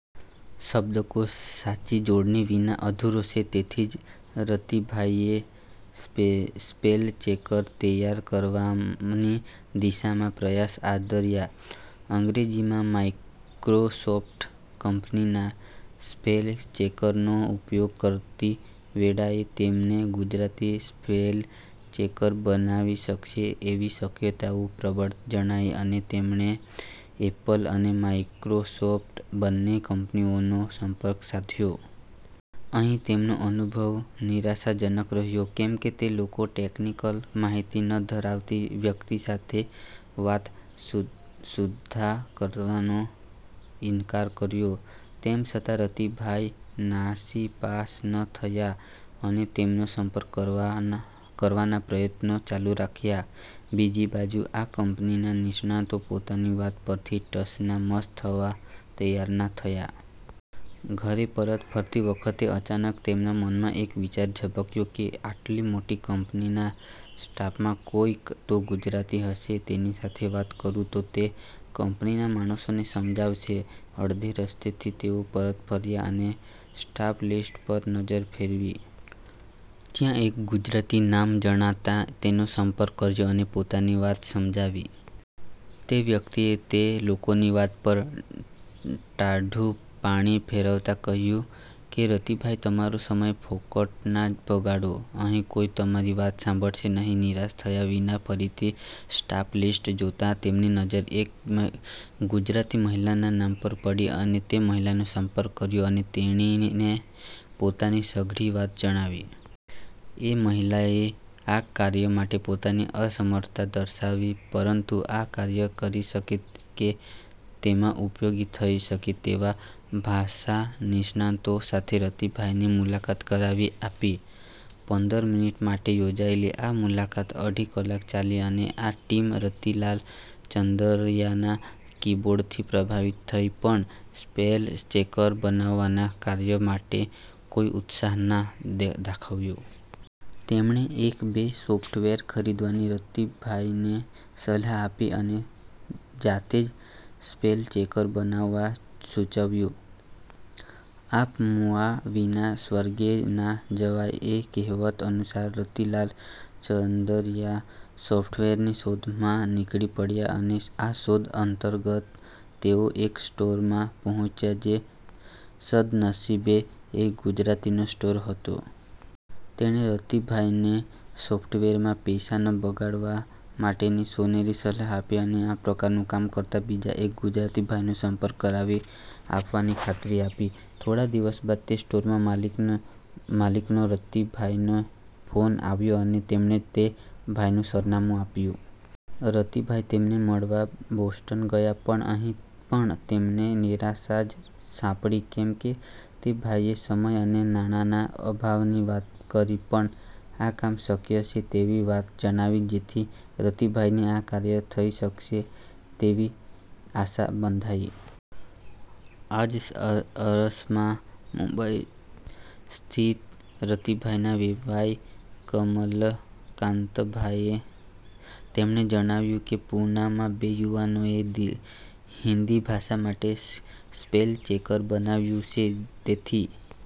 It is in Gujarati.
શબ્દકોશ સાચી જોડણી વિના અધૂરો છે તેથી જ રતિભાઈએ સ્પેલચેકર તૈયાર કરાવવાની દિશામાં પ્રયાસ આદર્યા. અંગ્રેજીમાં માઇક્રોસોફ્ટ કંપનીના સ્પેલચેકરનો ઉપયોગ કરતી વેળાએ તેમને ગુજરાતી સ્પેલચેકર બનાવી શકાશે એવી શક્યતાઓ પ્રબળ જણાઈ અને તેમણે એપલ અને માઇક્રોસોફ્ટ બન્ને કંપનીઓનો સંપર્ક સાધ્યો. અહીં તેમનો અનુભવ નિરાશાજનક રહ્યો કેમકે તે લોકો ટેક્નિકલ માહિતી ન ધરાવતી વ્યક્તિ સાથે વાત સુદ્ધાં કરવાનો ઇન્કાર કર્યો. તેમ છતાં રતિભાઈ નાસીપાસ ન થયા અને તેમનો સંપર્ક કરવાના પ્રયત્નો ચાલુ રાખ્યા. બીજી બાજુ આ કંપનીના નિષ્ણાતો પોતાની વાત પરથી ટસના મસ થવા તૈયાર ના થયા. ઘરે પરત ફરતી વખતે અચાનક તેમના મનમાં એક વિચાર ઝબકયો કે આટલી મોટી કંપનીના સ્ટાફમાં કોઈક તો ગુજરાતી હશે, તેની સાથે વાત કરું તો તે કંપનીના માણસોને સમજાવશે. અડધે રસ્તેથી તેઓ પરત ફર્યા અને સ્ટાફલિસ્ટ પર નજર ફેરવી, ત્યાં એક ગુજરાતી નામ જણાતાં તેનો સંપર્ક કર્યો અને પોતાની વાત સમજાવી. તે વ્યક્તિએ તે લોકોની વાત પર ટાઢું પાણી ફેરવતાં કહ્યું કે, રતિભાઈ તમારો સમય ફોગટ ના બગાડો, અહીં કોઈ તમારી વાત સાંભળશે નહીં. નિરાશ થયા વિના ફરીથી સ્ટાફલિસ્ટ જોતાં તેમની નજર એક ગુજરાતી મહિલાના નામ પર પડી અને તે મહિલાનો સંપર્ક કર્યો અને તેણીને પોતાની સઘળી વાત જણાવી. એ મહિલાએ આ કાર્ય માટે પોતાની અસમર્થતા દર્શાવી પરંતુ આ કાર્ય કરી શકે કે તેમાં ઉપયોગી થઈ શકે તેવા ભાષાનિષ્ણાતો સાથે રતિભાઈની મુલાકાત કરાવી આપી. પંદર મિનિટ માટે યોજાયેલી આ મુલાકાત અઢી કલાક ચાલી અને આ ટીમ રતિલાલ ચંદરયાના કીબોર્ડથી પ્રભાવિત થઈ પણ સ્પેલચેકર બનાવવાના કાર્ય માટે કોઈ ઉત્સાહ ના દાખવ્યો. તેમણે એક બે સોફ્ટવેર ખરીદવાની રતિભાઈને સલાહ આપી અને જાતે જ સ્પેલચેકર બનાવવા સૂચવ્યું. આપ મૂઆ વિના સ્વર્ગે ના જવાય એ કહેવત અનુસાર રતિલાલ ચંદરયા સોફ્ટવેરની શોધમાં નીકળી પડ્યા અને આ શોધ અંતર્ગત તેઓ એક સ્ટોરમાં પહોંચ્યા જે સદ્નસીબે એક ગુજરાતીનો સ્ટોર હતો. તેણે રતિભાઈને સોફ્ટવેરમાં પૈસા ન બગાડવા માટેની સોનેરી સલાહ આપી અને આ પ્રકારનું કામ કરતાં બીજા એક ગુજરાતીભાઈનો સંપર્ક કરાવી આપવાની ખાતરી આપી. થોડા દિવસ બાદ તે સ્ટોરના માલિકનો રતિભાઈને ફોન આવ્યો અને તેમણે તે ભાઈનું સરનામું આપ્યું. રતિભાઈ તેમને મળવા બોસ્ટન ગયા પણ અહીં પણ તેમને નિરાશા જ સાંપડી કેમકે તે ભાઈએ સમય અને નાણાંના અભાવની વાત કરી પણ આ કામ શક્ય છે તેવી વાત જણાવી જેથી રતિભાઈને આ કાર્ય થઈ શકશે તેવી આશા બંધાઈ. આ જ અરસામાં મુંબઈ સ્થિત રતિભાઈના વેવાઈ કમલકાંતભાઈએ તેમને જણાવ્યું કે પૂનામાં બે યુવાનોએ હિન્દી ભાષા માટે સ્પેલચેકર બનાવ્યું છે તેથી